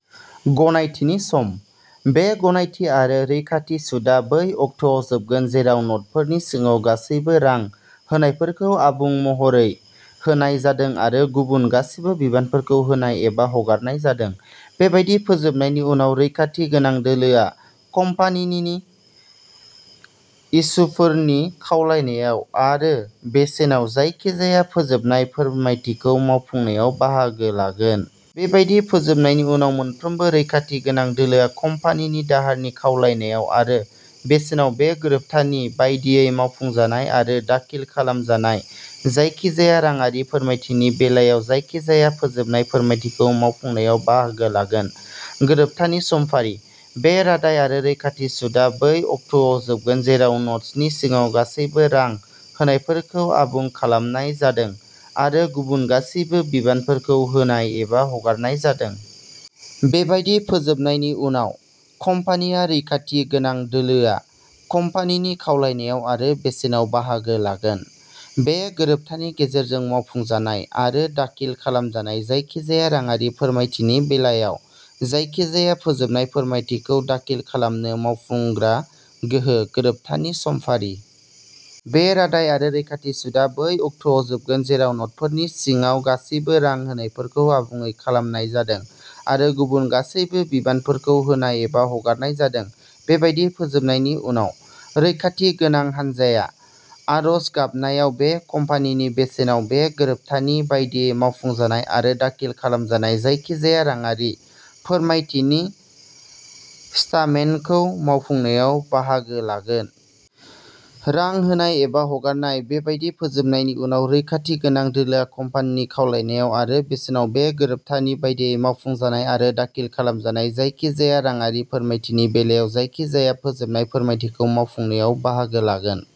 गनायथिनि सम। बे गनायथि आरो रैखाथि सुदआ बै अक्ट'आव जोबगोन जेराव नटफोरनि सिङाव गासिबो रां होनायफोरखौ आबुं महरै होनाय जादों आरो गुबुन गासिबो बिबानफोरखौ होनाय एबा हगारनाय जादों। बेबादि फोजोबनायनि उनाव, रैखाथि गोनां दोलोआ, कम्पानिनि इस्युरफोरनि खावलायनायाव आरो बेसेनाव, जायखिजाया फोजोबनाय फोरमायथिखौ मावफुंनायाव बाहागो लागोन। बेबादि फोजोबनायनि उनाव, मोनफ्रोमबो रैखाथि गोनां दोलोआ, कम्पानिनि दाहारनि खावलायनायाव आरो बेसेनाव, बे गोरोबथानि बायदियै मावफुंजानाय आरो दाखिल खालामजानाय जायखिजाया राङारि फोरमायथिनि बेलायाव जायखिजाया फोजोबनाय फोरमायथिखौ मावफुंनायाव बाहागो लागोन। गोरोबथानि समफारि। बे रादाय आरो रैखाथि सुदआ बै अक्ट'आव जोबगोन जेराव नटसनि सिङाव गासिबो रां होनायफोरखौ आबुं खालामनाय जादों आरो गुबुन गासिबो बिबानफोरखौ होनाय एबा हगारनाय जादों। बेबादि फोजोबनायनि उनाव, कम्पानिहा रैखाथि गोनां दोलोआ, कम्पानिनि खावलायनायाव आरो बेसेनाव, बाहागो लागोन। बे गोरोबथानि गेजेरजों मावफुंजानाय आरो दाखिल खालामजानाय जायखिजाया राङारि फोरमायथिनि बेलायाव जायखिजाया फोजोबनाय फोरमायथिखौ दाखिल खालामनो मावफुंग्रा गोहो। गोरोबथानि समफारि। बे रादाय आरो रैखाथि सुदआ बै अक्ट'आव जोबगोन जेराव नटफोरनि सिङाव गासिबो रां होनायफोरखौ आबुङै खालामनाय जादों आरो गुबुन गासैबो बिबानफोरखौ होनाय एबा हगारनाय जादों। बेबादि फोजोबनायनि उनाव, रैखाथि गोनां हानजाया, आर'ज गाबनायाव आरो कम्पानिनि बेसेनाव, बे गोरोबथानि बायदियै मावफुंजानाय आरो दाखिल खालामजानाय जायखिजाया राङारि फोरमायथिनि स्टामेन्टखौ मावफुंनायाव बाहागो लागोन। रां होनाय एबा हगारनाय। बेबादि फोजोबनायनि उनाव, रैखाथि गोनां दोलोआ, कम्पानिनि खावलायनायाव आरो बेसेनाव, बे गोरोबथानि बायदियै मावफुंजानाय आरो दाखिल खालामजानाय जायखिजाया राङारि फोरमायथिनि बेलायाव जायखिजाया फोजोबनाय फोरमायथिखौ मावफुंनायाव बाहागो लागोन।